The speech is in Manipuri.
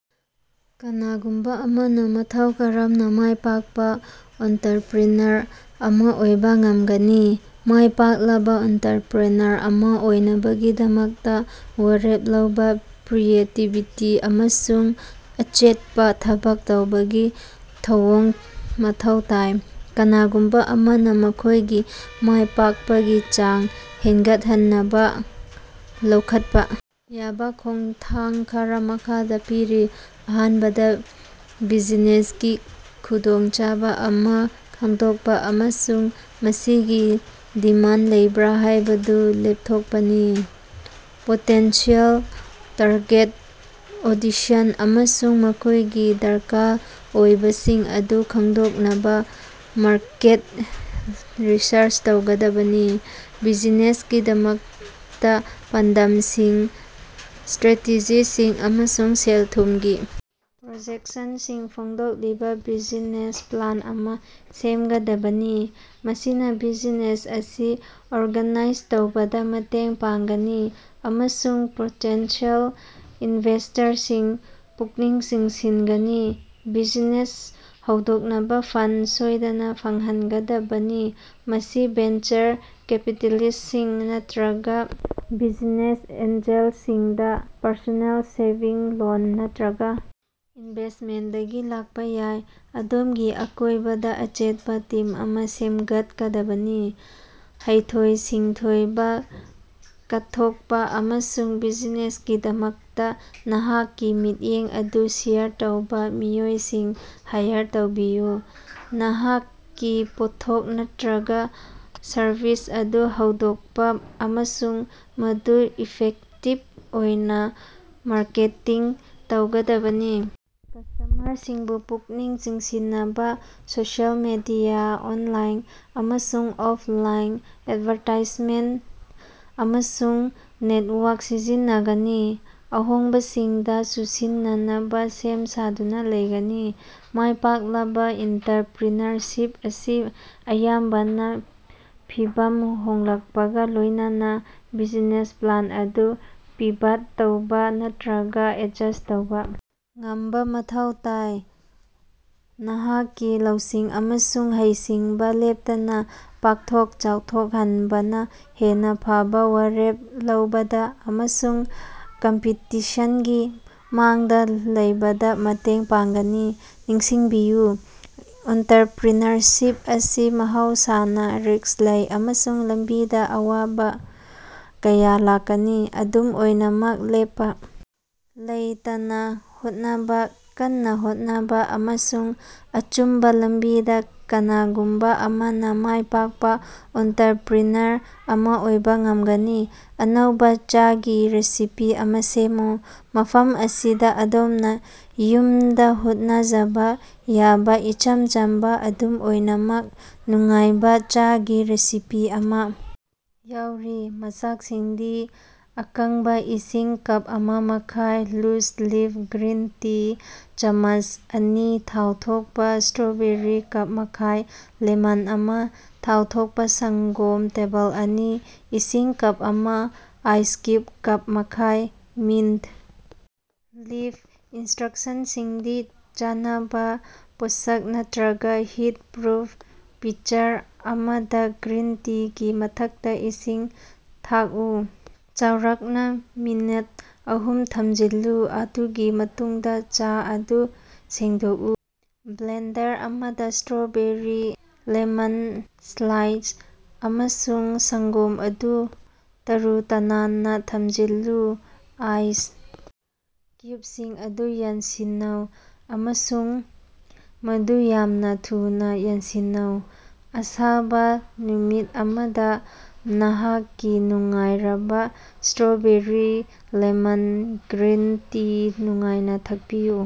ꯀꯅꯥꯒꯨꯝꯕꯥ ꯑꯃꯅꯥ ꯃꯇꯧ ꯀꯔꯝꯅꯥ ꯃꯥꯏ ꯄꯥꯛꯄꯥ ꯑꯣꯟꯇꯔꯄ꯭ꯔꯤꯅꯔ ꯑꯃꯥ ꯑꯣꯏꯕꯥ ꯉꯝꯒꯅꯤ? ꯃꯥꯏ ꯄꯥꯛꯂꯕꯥ ꯑꯣꯟꯇꯔꯄ꯭ꯔꯤꯅꯔ ꯑꯃꯥ ꯑꯣꯏꯅꯕꯒꯤꯗꯃꯛꯇꯥ ꯋꯥꯔꯦꯞ ꯂꯧꯕꯥ, ꯀ꯭ꯔꯤꯌꯦꯇꯤꯕꯤꯇꯤ ꯑꯃꯁꯨꯡ ꯑꯆꯦꯠꯄꯥ ꯊꯕꯛ ꯇꯧꯕꯒꯤ ꯊꯧꯑꯣꯡ ꯃꯊꯧ ꯇꯥꯏ꯫ ꯀꯅꯥꯒꯨꯝꯕꯥ ꯑꯃꯅꯥ ꯃꯈꯣꯏꯒꯤ ꯃꯥꯏ ꯄꯥꯛꯄꯒꯤ ꯆꯥꯡ ꯍꯦꯟꯒꯠꯍꯟꯅꯕꯥ ꯂꯧꯈꯠꯄꯥ ꯌꯥꯕꯥ ꯈꯣꯡꯊꯥꯡ ꯈꯔꯥ ꯃꯈꯥꯗ ꯄꯤꯔꯤ: ꯑꯍꯥꯟꯕꯗ ꯕꯤꯖꯤꯅꯦꯁꯀꯤ ꯈꯨꯗꯣꯡꯆꯥꯕ ꯑꯃꯥ ꯈꯪꯗꯣꯛꯄꯥ ꯑꯃꯁꯨꯡ ꯃꯁꯤꯒꯤ ꯗꯤꯃꯥꯟ ꯂꯩꯕ꯭ꯔꯥ ꯍꯥꯏꯕꯗꯨ ꯂꯦꯞꯊꯣꯛꯄꯥꯅꯤ꯫ ꯄꯣꯇꯦꯟꯁꯤꯌꯦꯜ ꯇꯥꯔꯒꯦꯠ ꯑꯣꯗꯤꯁꯟ ꯑꯃꯁꯨꯡ ꯃꯈꯣꯏꯒꯤ ꯗꯔꯀꯥꯔ ꯑꯣꯏꯕꯁꯤꯡ ꯑꯗꯨ ꯈꯪꯗꯣꯛꯅꯕꯥ ꯃꯥꯔꯀꯦꯠ ꯔꯤꯁꯔꯆ ꯇꯧꯒꯗꯕꯅꯤ꯫ ꯕꯤꯖꯤꯅꯦꯁꯀꯤꯗꯃꯛꯇꯥ ꯄꯥꯟꯗꯝꯁꯤꯡ, ꯏꯁꯇ꯭ꯔꯦꯇꯦꯖꯤꯁꯤꯡ ꯑꯃꯁꯨꯡ ꯁꯦꯜ-ꯊꯨꯝꯒꯤ ꯄ꯭ꯔꯣꯖꯦꯛꯁꯟꯁꯤꯡ ꯐꯣꯡꯗꯣꯛꯂꯤꯕꯥ ꯕꯤꯖꯤꯅꯦꯁ ꯄ꯭ꯂꯥꯟ ꯑꯃꯥ ꯁꯦꯝꯒꯗꯕꯅꯤ꯫ ꯃꯁꯤꯅꯥ ꯕꯤꯖꯤꯅꯦꯁ ꯑꯁꯤ ꯑꯣꯔꯒꯅꯥꯏꯖ ꯇꯧꯕꯗꯥ ꯃꯇꯦꯡ ꯄꯥꯡꯒꯅꯤ ꯑꯃꯁꯨꯡ ꯄꯣꯇꯦꯟꯁꯤꯌꯦꯜ ꯏꯟꯚꯦꯁꯇꯔꯁꯤꯡ ꯄꯨꯛꯅꯤꯡ ꯆꯤꯡꯁꯤꯟꯒꯅꯤ꯫ ꯕꯤꯖꯤꯅꯦꯁ ꯍꯧꯗꯣꯛꯅꯕꯥ ꯐꯟ ꯁꯣꯏꯗꯅꯥ ꯐꯪꯍꯟꯒꯗꯕꯅꯤ꯫ ꯃꯁꯤ ꯚꯦꯟꯆꯔ ꯀꯦꯄꯤꯇꯦꯂꯤꯁꯁꯤꯡ ꯅꯠꯇ꯭ꯔꯒꯥ ꯕꯤꯖꯤꯅꯦꯁ ꯑꯦꯟꯖꯦꯜꯁꯤꯡꯗꯒꯤ ꯄꯔꯁꯣꯅꯦꯜ ꯁꯦꯚꯤꯡ, ꯂꯣꯟ ꯅꯠꯇ꯭ꯔꯒꯥ ꯏꯟꯚꯦꯁꯃꯦꯟꯗꯒꯤ ꯂꯥꯛꯄꯥ ꯌꯥꯏ꯫ ꯑꯗꯣꯝꯒꯤ ꯑꯀꯣꯏꯕꯗꯥ ꯑꯆꯦꯠꯄꯥ ꯇꯤꯝ ꯑꯃꯥ ꯁꯦꯝꯒꯠꯀꯗꯕꯅꯤ꯫ ꯍꯩꯊꯣꯏ-ꯁꯤꯡꯊꯣꯏꯕꯥ, ꯀꯠꯊꯣꯛꯄꯥ ꯑꯃꯁꯨꯡ ꯕꯤꯖꯤꯅꯦꯁꯀꯤꯗꯃꯛꯇꯥ ꯅꯍꯥꯛꯀꯤ ꯃꯤꯠꯌꯦꯡ ꯑꯗꯨ ꯁꯦꯌꯔ ꯇꯧꯕꯥ ꯃꯤꯑꯣꯏꯁꯤꯡ ꯍꯥꯏꯌꯔ ꯇꯧꯕꯤꯌꯨ꯫ ꯅꯍꯥꯛꯀꯤ ꯄꯣꯠꯊꯣꯛ ꯅꯠꯇ꯭ꯔꯒꯥ ꯁꯔꯚꯤꯁ ꯑꯗꯨ ꯍꯧꯗꯣꯛꯄꯥ ꯑꯃꯁꯨꯡ ꯃꯗꯨ ꯏꯐꯦꯛꯇꯤꯞ ꯑꯣꯏꯅꯥ ꯃꯥꯔꯀꯦꯇꯤꯡ ꯇꯧꯒꯗꯕꯅꯤ꯫ ꯀꯁ꯭ꯇꯃꯔꯁꯤꯡꯕꯨ ꯄꯨꯛꯅꯤꯡ ꯆꯤꯡꯁꯤꯟꯅꯕꯥ ꯁꯣꯁꯤꯑꯦꯜ ꯃꯤꯗꯤꯌꯥ, ꯑꯣꯟꯂꯥꯏꯟ ꯑꯃꯁꯨꯡ ꯑꯣꯞꯂꯥꯏꯟ ꯑꯦꯠꯚꯥꯔꯇꯥꯏꯖꯃꯦꯟꯇ ꯑꯃꯁꯨꯡ ꯅꯦꯠꯋꯥꯛ ꯁꯤꯖꯤꯟꯅꯒꯅꯤ꯫ ꯑꯍꯣꯡꯕꯁꯤꯡꯗꯥ ꯆꯨꯁꯤꯟꯅꯅꯕꯥ ꯁꯦꯝ ꯁꯥꯗꯨꯅꯥ ꯂꯩꯒꯅꯤ꯫ ꯃꯥꯏ ꯄꯥꯛꯂꯕꯥ ꯑꯣꯟꯇꯔꯄ꯭ꯔꯤꯅꯔꯁꯤꯞ ꯑꯁꯤ ꯑꯌꯥꯝꯕꯅꯥ ꯐꯤꯚꯝ ꯍꯣꯡꯂꯛꯄꯒꯥ ꯂꯣꯏꯅꯅꯥ ꯕꯤꯖꯤꯅꯦꯁ ꯄ꯭ꯂꯥꯟ ꯑꯗꯨ ꯄꯤꯚꯠ ꯇꯧꯕꯥ ꯅꯠꯇ꯭ꯔꯒꯥ ꯑꯦꯠꯖꯁ ꯇꯧꯕꯥ ꯉꯝꯕꯥ ꯃꯊꯧ ꯇꯥꯏ꯫ꯅꯍꯥꯛꯀꯤ ꯂꯧꯁꯤꯡ ꯑꯃꯁꯨꯡ ꯍꯩꯁꯤꯡꯕꯥ ꯂꯦꯞꯇꯅꯥ ꯄꯥꯛꯊꯣꯛ ꯆꯥꯎꯊꯣꯛꯍꯟꯕꯅꯥ ꯍꯦꯟꯅꯥ ꯐꯕꯥ ꯋꯥꯔꯦꯞ ꯂꯧꯕꯗꯥ ꯑꯃꯁꯨꯡ ꯀꯝꯄꯤꯇꯤꯁꯟꯒꯤ ꯃꯥꯡꯗꯥ ꯂꯩꯕꯗꯥ ꯃꯇꯦꯡ ꯄꯥꯡꯒꯅꯤ꯫ ꯅꯤꯡꯁꯤꯡꯕꯤꯌꯨ, ꯑꯣꯟꯇꯔꯄ꯭ꯔꯤꯅꯔꯁꯤꯞ ꯑꯁꯤ ꯃꯍꯧꯁꯥꯅꯥ ꯔꯤꯛꯁ ꯂꯩ ꯑꯃꯁꯨꯡ ꯂꯝꯕꯤꯗꯥ ꯑꯋꯥꯕꯥ ꯀꯌꯥ ꯂꯥꯛꯀꯅꯤ꯫ ꯑꯗꯨꯝ ꯑꯣꯏꯅꯃꯛ, ꯂꯦꯞꯄꯥ ꯂꯩꯇꯅꯥ ꯍꯣꯠꯅꯕꯥ, ꯀꯟꯅꯥ ꯍꯣꯠꯅꯕꯥ, ꯑꯃꯁꯨꯡ ꯑꯆꯨꯝꯕꯥ ꯂꯝꯕꯤꯗꯥ ꯀꯅꯥꯒꯨꯝꯕꯥ ꯑꯃꯅꯥ ꯃꯥꯏꯄꯥꯛꯄꯥ ꯑꯣꯟꯇꯔꯄ꯭ꯔꯤꯅꯔ ꯑꯃꯥ ꯑꯣꯏꯕꯥ ꯉꯝꯒꯅꯤ꯫ ꯑꯅꯧꯕꯥ ꯆꯥꯒꯤ ꯔꯦꯁꯤꯄꯤ ꯑꯃꯥ ꯁꯦꯝꯃꯨ꯫ ꯃꯐꯝ ꯑꯁꯤꯗꯥ ꯑꯗꯣꯝꯅꯥ ꯌꯨꯝꯗꯥ ꯍꯣꯠꯅꯖꯕꯥ ꯌꯥꯕꯥ ꯏꯆꯝ ꯆꯝꯕꯥ, ꯑꯗꯨꯝ ꯑꯣꯏꯅꯃꯛ ꯅꯨꯡꯉꯥꯏꯕꯥ ꯆꯥꯒꯤ ꯔꯦꯁꯤꯄꯤ ꯑꯃꯥ ꯌꯥꯎꯔꯤ꯫ ꯃꯆꯥꯛꯁꯤꯡꯗꯤ ꯑꯀꯪꯕꯥ ꯏꯁꯤꯡ ꯀꯞ ꯑꯃꯥ ꯃꯈꯥꯏ ꯂꯨꯖ ꯂꯤꯐ ꯒ꯭ꯔꯤꯟ ꯇꯤ ꯆꯥꯃꯁ ꯑꯅꯤ ꯊꯥꯎ ꯊꯣꯛꯄꯥ ꯏꯁꯇ꯭ꯔꯣꯕꯦꯔꯤ ꯀꯞ ꯃꯈꯥꯏ ꯂꯦꯃꯟ ꯑꯃꯥ ꯊꯥꯎ ꯊꯣꯛꯄꯥ ꯁꯪꯒꯣꯝ ꯇꯦꯕꯜ ꯑꯅꯤ ꯏꯁꯤꯡ ꯀꯞ ꯑꯃꯥ ꯑꯥꯏꯁ ꯀ꯭ꯌꯨꯞ ꯀꯞ ꯃꯈꯥꯏ ꯃꯤꯟꯇ ꯂꯤꯞ, ꯏꯟꯁꯇ꯭ꯔꯛꯁꯟꯁꯤꯡꯗꯤ ꯆꯥꯅꯕꯥ ꯄꯣꯠꯁꯛ ꯅꯠꯇ꯭ꯔꯒꯥ ꯍꯤꯠꯄ꯭ꯔꯨꯞ ꯄꯤꯆꯔ ꯑꯃꯗꯥ, ꯒ꯭ꯔꯤꯟ ꯇꯤꯒꯤ ꯃꯊꯛꯇꯥ ꯏꯁꯤꯡ ꯊꯥꯛꯎ꯫ ꯆꯥꯎꯔꯥꯛꯅꯥ ꯃꯤꯅꯠ ꯑꯍꯨꯝ ꯊꯝꯖꯤꯜꯂꯨ ꯃꯗꯨꯒꯤ ꯃꯇꯨꯡꯗꯥ ꯆꯥ ꯑꯗꯨ ꯁꯦꯡꯗꯣꯛꯎ꯫ ꯕ꯭ꯂꯦꯟꯗꯔ ꯑꯃꯗꯥ, ꯏꯁꯇ꯭ꯔꯣꯕꯦꯔꯤ, ꯂꯦꯃꯟ ꯁ꯭ꯂꯥꯏꯁ ꯑꯃꯁꯨꯡ ꯁꯪꯒꯣꯝ ꯑꯗꯨ ꯇꯔꯨ-ꯇꯅꯥꯟꯅꯥ ꯊꯝꯖꯤꯜꯂꯨ꯫ ꯑꯥꯏꯁ ꯀ꯭ꯌꯨꯕꯁꯤꯡ ꯑꯗꯨ ꯌꯥꯟꯁꯤꯟꯅꯧ, ꯑꯃꯁꯨꯡ ꯃꯗꯨ ꯌꯥꯝꯅꯥ ꯊꯨꯅꯥ ꯌꯥꯟꯁꯤꯟꯅꯧ꯫ ꯑꯁꯥꯕ ꯅꯨꯃꯤꯠ ꯑꯃꯗꯥ ꯅꯍꯥꯛꯀꯤ ꯅꯨꯡꯉꯥꯏꯔꯕꯥ ꯏꯁꯇ꯭ꯔꯣꯕꯦꯔꯤ ꯂꯦꯃꯟ ꯒ꯭ꯔꯤꯟ ꯇꯤ ꯅꯨꯡꯉꯥꯏꯅ ꯊꯛꯄꯤꯎ꯫